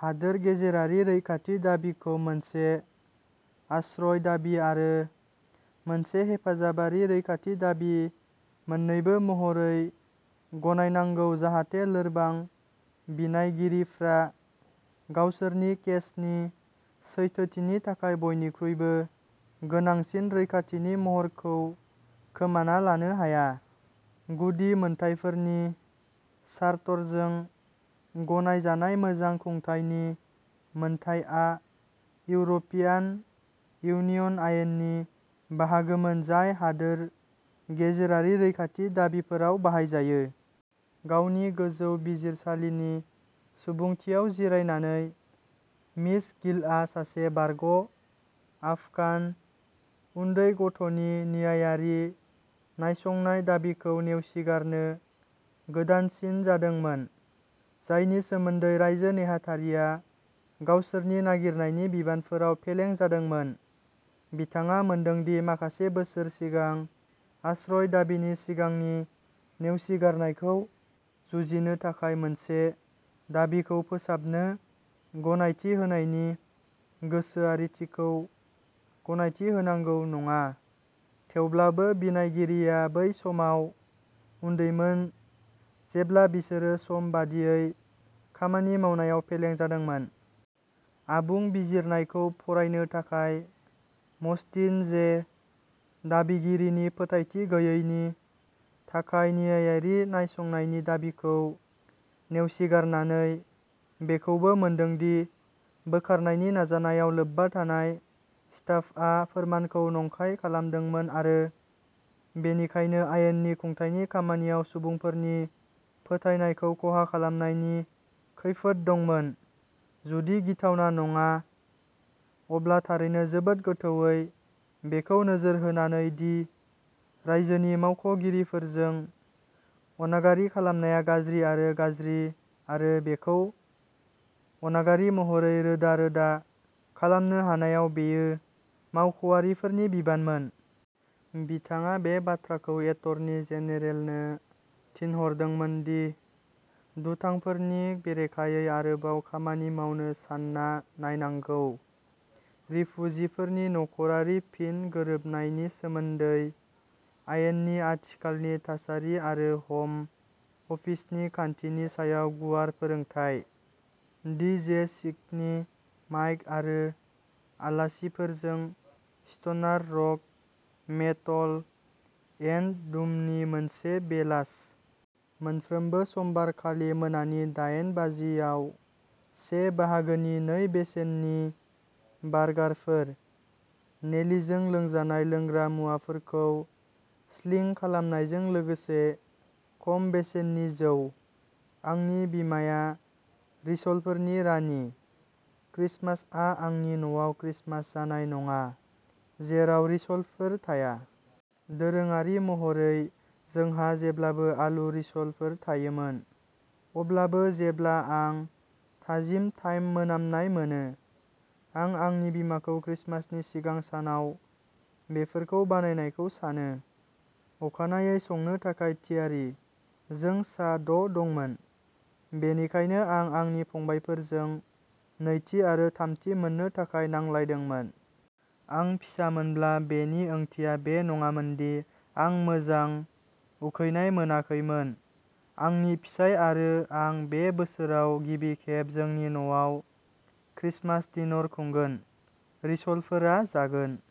हादोर गेजेरारि रैखाथि दाबिखौ मोनसे आश्रय दाबि आरो मोनसे हेफाजाबारि रैखाथि दाबि मोन्नैबो महरै गनायनांगौ जाहाथे लोरबां बिनायगिरिफ्रा गावसोरनि केसनि सैथोथिनि थाखाय बयनिख्रुइबो गोनांसिन रैखाथिनि महरखौ खोमाना लानो हाया। गुदि मोनथायफोरनि चार्टरजों गनायजानाय मोजां खुंथायनि मोन्थाइआ इउर' पियान इउनियन आयेननि बाहागोमोन जाय हादोर गेजेरारि रैखाथि दाबिफोराव बाहायजायो। गावनि गोजौ बिजिरसालिनि सुबुंथियाव जिरायनानै, मिस गिलआ सासे बारग' आफगान उन्दै गथ'नि न्यायारि नायसंनाय दाबिखौ नेवसिगारनो गोदानसिन जादोंमोन, जायनि सोमोन्दै रायजो नेहाथारिया गावसोरनि नागिरनायनि बिबानफोराव फेलें जादोंमोन। बिथाङा मोनदों दि माखासे बोसोर सिगां आश्रय दाबिनि सिगांनि नेवसिगारनायखौ जुजिनो थाखाय मोनसे दाबिखौ फोसाबनो गनायथि होनायनि गोसोआरिथिखौ गनायथि होनांगौ नङा, थेवब्लाबो बिनायगिरिया बै समाव उन्दैमोन जेब्ला बिसोरो सम बादियै खामानि मावनायाव फेलें जादोंमोन। आबुं बिजिरनायखौ फरायनो थाखाय, मस्टिन जे, दाबिगिरिनि फोथायथि गैयैनि थाखाय न्यायारि नायसंनायनि दाबिखौ नेवसिगारनानै, बेखौबो मोनदों दि बोखारनायनि नाजानायाव लोब्बा थानाय स्टाफआ फोरमानखौ नंखाय खालामदोंमोन आरो बेनिखायनो आयेननि खुंथायनि खामानियाव सुबुंफोरनि फोथायनायखौ खहा खालामनायनि खैफोद दंमोन, जुदि गिथावना नङा, अब्ला थारैनो जोबोद गोथौवै, बेखौ नोजोर होनानै दि रायजोनि मावख' गिरिफोरजों अनागारि खालामनाया गाज्रि आरो गाज्रि आरो बेखौ अनागारि महरै रोदा-रोदा खालामनो हानायाव बेयो मावख'आरिफोरनि बिबानमोन। बिथाङा बे बाथ्राखौ एटर्नी जेनेरेलनो थिनहरदोंमोन दि दुथांफोरनि बेरेखायै आरोबाव खामानि मावनो सानना नायनांगौ। रिफुजिफोरनि नखरारि फिन गोरोबनायनि सोमोन्दै आयेननि आथिखालनि थासारि आरो हम अफिसनि खान्थिनि सायाव गुवार फोरोंथाय। डि जे स्किनि माइक आरो आलासिफोरजों स्ट'नार रक, मेटल, एन्ड डुमनि मोनसे बेलास। मोनफ्रोमबो समबार खालि मोनानि दायेन बाजि आव से बाहागोनि नै बेसेननि बार्गारफोर। नेलिजों लोंजानाय लोंग्रा मुवाफोरखौ स्लिं खालामनायजों लोगोसे खम बेसेननि जौ। आंनि बिमाया रिस'लफोरनि रानि। क्रिसमासआ आंनि न'आव क्रिसमास जानाय नङा जेराव रिस'लफोर थाया। दोरोङारि महरै, जोंहा जेब्लाबो आलु रिस'लफोर थायोमोन। अब्लाबो, जेब्ला आं थाजिम थाइम मोनामनाय मोनो, आं आंनि बिमाखौ क्रिसमासनि सिगां सानाव बेफोरखौ बानायनायखौ सानो, अखानायै संनो थाखाय थियारि। जों सा द' दंमोन, बेनिखायनो आं आंनि फंबायफोरजों नैथि आरो थामथि मोननो थाखाय नांलायदोंमोन। आं फिसामोनब्ला बेनि ओंथिया बे नङामोन दि आं मोजां उखैनाय मोनाखैमोन आंनि फिसाय आरो आं बे बोसोराव गिबि खेब जोंनि न'आव क्रिसमास डिनर खुंगोन, रिस'लफोरा जागोन।